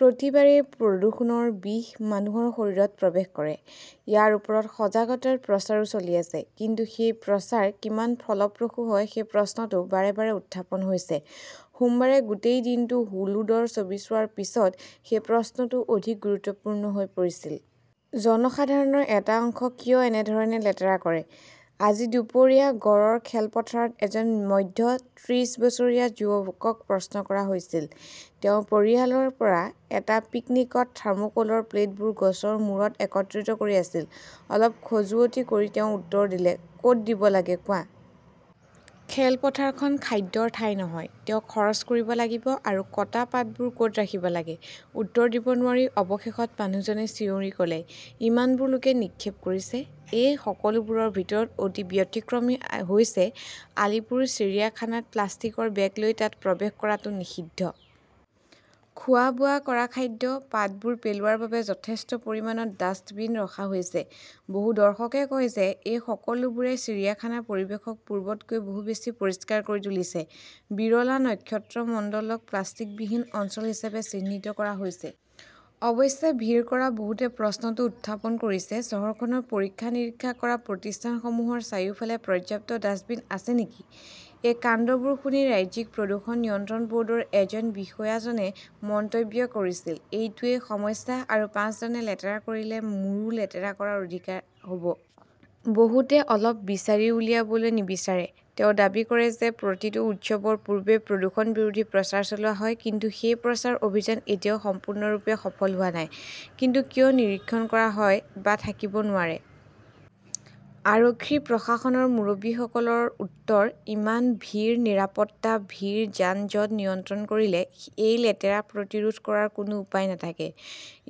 প্ৰতিবাৰেই প্ৰদূষণৰ বিষ মানুহৰ শৰীৰত প্ৰৱেশ কৰে। ইয়াৰ ওপৰত সজাগতাৰ প্ৰচাৰো চলি আছে। কিন্তু সেই প্ৰচাৰ কিমান ফলপ্ৰসূ হয় সেই প্ৰশ্নটো বাৰে বাৰে উত্থাপন হৈছে। সোমবাৰে গোটেই দিনটো হুলোডৰ ছবি চোৱাৰ পিছত সেই প্ৰশ্নটো অধিক গুৰুত্বপূৰ্ণ হৈ পৰিছিল। জনসাধাৰণৰ এটা অংশ কিয় এনে ধৰণে লেতেৰা কৰে? আজি দুপৰীয়া গড়ৰ খেলপথাৰত এজন মধ্য ত্ৰিশ বছৰীয়া যুৱকক প্ৰশ্ন কৰা হৈছিল। তেওঁ পৰিয়ালৰ পৰা এটা পিকনিকত থাৰ্মোকোলৰ প্লেটবোৰ গছৰ মূৰত একত্ৰিত কৰি আছিল। অলপ খজুৱতি কৰি তেওঁ উত্তৰ দিলে, কত দিব লাগে কোৱা? খেলপথাৰখন খাদ্যৰ ঠাই নহয়। তেওঁ খৰচ কৰিব লাগিব আৰু কটা পাতবোৰ কত ৰাখিব লাগে। উত্তৰ দিব নোৱাৰি, অৱশেষত, মানুহজনে চিঞৰি কলে, ইমানবোৰ লোকে নিক্ষেপ কৰিছে। এই সকলোবোৰৰ ভিতৰত অতি ব্যতিক্ৰমী হৈছে আলিপুৰ চিৰিয়াখানাত প্লাষ্টিকৰ বেগ লৈ তাত প্ৰৱেশ কৰাটো নিষিদ্ধ। খোৱা-বোৱা কৰা খাদ্য, পাতবোৰ পেলোৱাৰ বাবে যথেষ্ট পৰিমাণৰ ডাস্টবিন ৰখা হৈছে। বহু দৰ্শকে কয় যে এই সকলোবোৰে চিৰিয়াখানা পৰিৱেশক পূৰ্বতকৈ বহু বেছি পৰিষ্কাৰ কৰি তুলিছে। বিৰলা নক্ষত্ৰমণ্ডলক প্লাষ্টিকবিহীন অঞ্চল হিচাপে চিহ্নিত কৰা হৈছে। অৱশ্যে ভিৰ কৰা বহুতে প্ৰশ্নটো উত্থাপন কৰিছে, চহৰখনৰ পৰীক্ষা-নিৰীক্ষা কৰা প্ৰতিষ্ঠানসমূহৰ চাৰিওফালে পৰ্যাপ্ত ডাম্পবিন আছে নেকি? এই কাণ্ডবোৰ শুনি ৰাজ্যিক প্ৰদূষণ নিয়ন্ত্ৰণ বৰ্ডৰ এজন বিষয়াজনে মন্তব্য কৰিছিল, এইটোৱেই সমস্যা আৰু পাঁচজনে লেতেৰা কৰিলে মোৰো লেতেৰা কৰাৰ অধিকাৰ হব! বহুতে অলপ বিচাৰি উলিয়াবলৈ নিবিচাৰে। তেওঁ দাবী কৰে যে প্ৰতিটো উৎসৱৰ পূৰ্বে প্ৰদূষণ বিৰোধী প্ৰচাৰ চলোৱা হয়। কিন্তু সেই প্ৰচাৰ অভিযান এতিয়াও সম্পূৰ্ণৰূপে সফল হোৱা নাই। কিন্তু কিয় নিৰীক্ষণ কৰা হয় বা থাকিব নোৱাৰে? আৰক্ষী-প্ৰশাসনৰ মুৰব্বীসকলৰ উত্তৰ, ইমান ভিৰ, নিৰাপত্তা, ভিৰ, যান-জঁট নিয়ন্ত্ৰণ কৰিলে এই লেতেৰা প্ৰতিৰোধ কৰাৰ কোনো উপায় নাথাকে।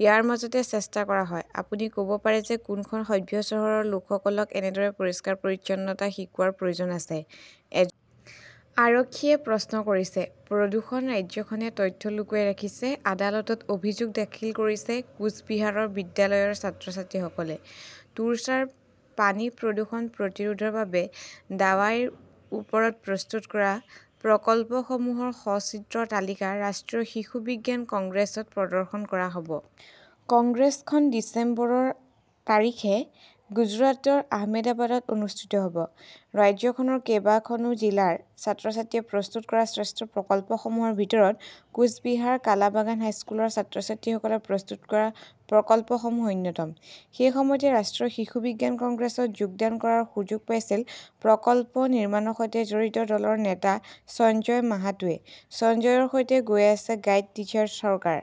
ইয়াৰ মাজতে চেষ্টা কৰা হয়। আপুনি কব পাৰে যে কোনখন সভ্য চহৰৰ লোকসকলক এনেদৰে পৰিষ্কাৰ-পৰিচ্ছন্নতা শিকোৱাৰ প্ৰয়োজন আছে? এজন আৰক্ষীয়ে প্ৰশ্ন কৰিছে। প্ৰদূষণ-ৰাজ্যখনে তথ্য লুকুৱাই ৰাখিছে, আদালতত অভিযোগ দাখিল কৰিছে কোচ বিহাৰৰ বিদ্যালয়ৰ ছাত্ৰ-ছাত্ৰীসকলে তোৰছাৰ পানী প্ৰদূষণ প্ৰতিৰোধৰ বাবে 'দাৱাইৰ ওপৰত প্ৰস্তুত কৰা প্ৰকল্পসমূহৰ সচিত্ৰ তালিকা ৰাষ্ট্ৰীয় শিশু বিজ্ঞান কংগ্ৰেছত প্ৰদৰ্শন কৰা হব। কংগ্ৰেছখন ডিচেম্বৰৰ তাৰিখে গুজৰাটৰ আহমেদাবাদত অনুষ্ঠিত হ 'ব। ৰাজ্যখনৰ কেইবাখনো জিলাৰ ছাত্ৰ-ছাত্ৰীয়ে প্ৰস্তুত কৰা শ্ৰেষ্ঠ প্ৰকল্পসমূহৰ ভিতৰত কোচ বিহাৰ কালাবাগান হাইস্কুলৰ ছাত্ৰ-ছাত্ৰীসকলে প্ৰস্তুত কৰা প্ৰকল্পসমূহ অন্যতম। সেই সময়তে ৰাষ্ট্ৰীয় শিশু বিজ্ঞান কংগ্ৰেছত যোগদান কৰাৰ সুযোগ পাইছিল প্ৰকল্প নিৰ্মাণৰ সৈতে জড়িত দলৰ নেতা সঞ্জয় মাহাতোৱে। সঞ্জয়ৰ সৈতে গৈ আছে 'গাইড টিচাৰ চৰকাৰ।